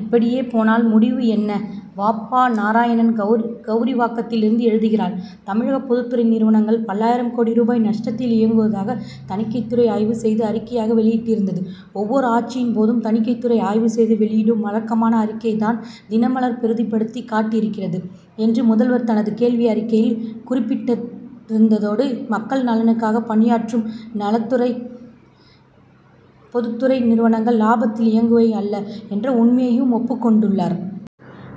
இப்படியே போனால் முடிவு என்ன? வ. ப. நாராயணன், கவுரிவாக்கத்திலிருந்து எழுதுகிறார் தமிழக பொதுத்துறை நிறுவனங்கள், பல்லாயிரம் கோடி ரூபாய் நஷ்டத்தில் இயங்குவதாக, தணிக்கைத் துறை ஆய்வு செய்து அறிக்கையாக வெளியிட்டிருந்தது. ஒவ்வொரு ஆட்சியின் போதும், தணிக்கைத்துறை ஆய்வு செய்து வெளியிடும் வழக்கமான அறிக்கையைத் தான் தினமலர் பெரிதுபடுத்தி காட்டியிருக்கிறது' என்று, முதல்வர் தனது கேள்வி பதில் அறிக்கையில் குறிப்பிட்டிருந்ததோடு, மக்கள் நலனுக்காகப் பணியாற்றும் பொதுத்துறை நிறுவனங்கள் லாபத்தில் இயங்குபவை அல்ல' என்ற உண்மையையும் ஒப்புக் கொண்டுள்ளார்.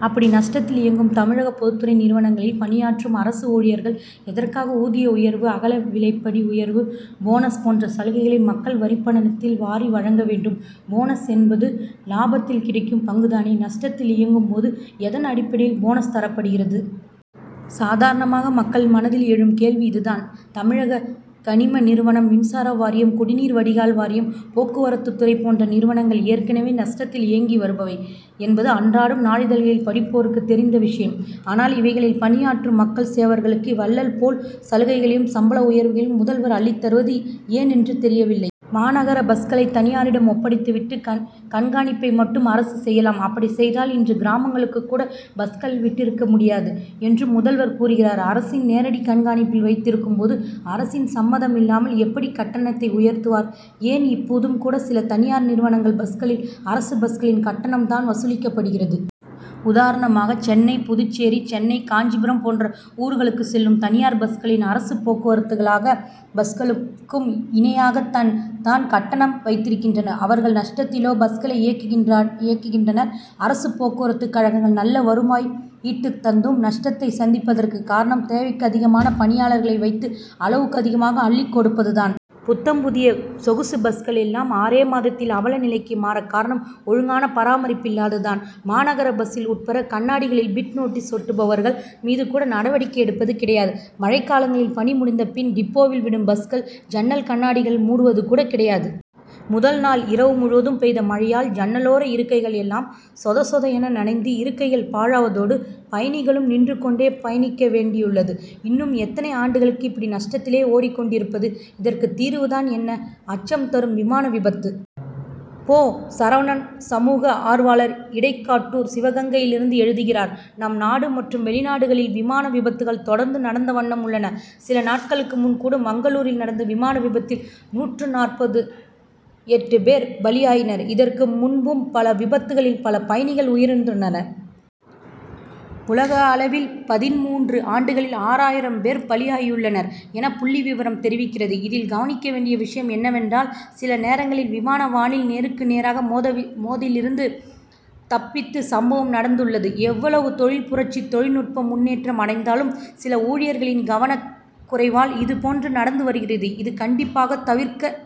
அப்படி நஷ்டத்தில் இயங்கும் தமிழக பொதுத்துறை நிறுவனங்களில் பணியாற்றும் அரசு ஊழியர்களுக்கு, எதற்காக ஊதிய உயர்வு, அகவிலைப்படி உயர்வு, போனஸ் போன்ற சலுகைகளை மக்கள் வரிப்பணத்திலிருந்து வாரி வழங்க வேண்டும்? போனஸ் என்பது, லாபத்தில் கிடைக்கும் பங்கு தானே. நஷ்டத்தில் இயங்கும் போது, எதன் அடிப்படையில் போனஸ் தரப்படுகிறது? சாதாரண மக்கள் மனதில் எழும் கேள்வி இதுதான். தமிழக கனிம நிறுவனம், மின்சார வாரியம், குடிநீர் வடிகால் வாரியம், போக்குவரத்துத் துறை போன்ற நிறுவனங்கள், ஏற்கனவே நஷ்டத்தில் இயங்கி வருபவை என்பது அன்றாடம் நாளிதழ்களை படிப்போருக்கு தெரிந்த விஷயம். ஆனால், இவைகளில் பணியாற்றும் மக்கள் சேவகர்களுக்கு, வள்ளல் போல் சலுகைகளையும், சம்பள உயர்வுகளையும் முதல்வர் அள்ளித் தருவது ஏன் என்று தெரியவில்லை. மாநகர பஸ்களை தனியாரிடம் ஒப்படைத்து விட்டு, கண்காணிப்பை மட்டும் அரசு செய்யலாம். அப்படிச் செய்தால், இன்று கிராமங்களுக்குக் கூட பஸ்கள் விட்டிருக்க முடியாது' என்றும் முதல்வர் கூறுகிறார். அரசின் நேரடி கண்காணிப்பில் வைத் திருக்கும் போது, அரசின் சம்மதம் இல்லாமல் எப்படி கட்டணத்தை உயர்த்துவர்? ஏன், இப்போதும் கூட சில தனியார் நிறுவன பஸ்களில், அரசு பஸ்களின் கட்டணம் தான் வசூலிக்கப்படுகிறது. உதாரணமாக, சென்னை புதுச்சேரி, சென்னை காஞ்சிபுரம் போன்ற ஊர்களுக்குச் செல்லும் தனியார் பஸ்களில், அரசு போக்குவரத்துக்கழக பஸ்களுக்கு இணையாகத் தான் கட்டணம் வைத்திருக்கின்றனர். அவர்கள் நஷ்டத்திலா பஸ்களை இயக்குகின்றனர்? அரசு போக்குவரத்துக் கழகங்கள் நல்ல வருவாய் ஈட்டித் தந்தும், நஷ்டத்தை சந்திப்பதற்குக் காரணம், தேவைக்கதிகமான பணியாளர்களை வைத்து, அளவுக்கதிகமாக அள்ளிக் கொடுப்பது தான். புத்தம் புதிய சொகுசு பஸ்கள் எல்லாம், ஆறே மாதத்தில் அவல நிலைக்கு மாறக்காரணம், ஒழுங்கான பராமரிப்பு இல்லாதது தான். மாநகர பஸ்சின் உட்புற கண்ணாடிகளில், பிட் நோட்டீஸ்' ஒட்டுபவர்கள் மீது கூட நடவடிக்கை எடுப்பது கிடையாது. மழைக்காலங்களில் பணி முடிந்து டிப்போவில் விடும் பஸ்சின் ஜன்னல் கண்ணாடிகளை மூடுவது கூட கிடையாது. முதல் நாள் இரவு முழுவதும் பெய்த மழையால், ஜன்னலோர இருக்கைகள் எல்லாம் சொத சொத என நனைந்து, இருக்கைகள் பாழாவதோடு, பயணிகளும் நின்று கொண்டே பயணிக்க வேண்டியுள்ளது. இன்னும் எத்தனை ஆண்டுகளுக்கு இப்படி நஷ்டத்திலேயே ஓடிக் கொண் டிருப்பது? இதற்கு தீர்வு தான் என்ன? அச்சம் தரும் விமான விபத்து! போ. சரவணன், சமூக ஆர்வலர், இடைக்காட்டூர், சிவகங்கையிலிருந்து எழுதுகிறார் நம் நாடு மற்றும் வெளிநாடுகளிலும் விமான விபத்துகள் தொடர்ந்து நடந்த வண்ணம் உள்ளன. சில நாட்களுக்கு முன் கூட, மங்களூரில் நடந்த விமான விபத்தில், நூற்று நாற்பத்து எட்டு பேர் பலி ஆயினர். இதற்கு முன்பும் பல விபத்துகளில், பல பயணிகள் உயிரிழந்துள்ளனர். உலக அளவில், பதின்மூன்று ஆண்டுகளில், ஆறாயிரம் பேர் பலி ஆயுள்ளனர் என புள்ளி விவரம் தெரிவிக்கிறது. இதில் கவனிக்க வேண் டிய விஷயம் என்னவென்றால், சில நேரங்களில், விமானம் வானில் நேருக்கு நேராக மோதவிருந்து, தப் பித்த சம்பவமும் நடந் துள்ளது. எவ் வளவோ தொழில் புரட்சி, தொழில் நுட்ப முன் னேற்றம் அடைந் தாலும், சில ஊழியர்களின் கவனக் குறைவால், இதுபோன்று நடந்து வருகிறது. இது கண்டிப்பாக தவிர்க்கப்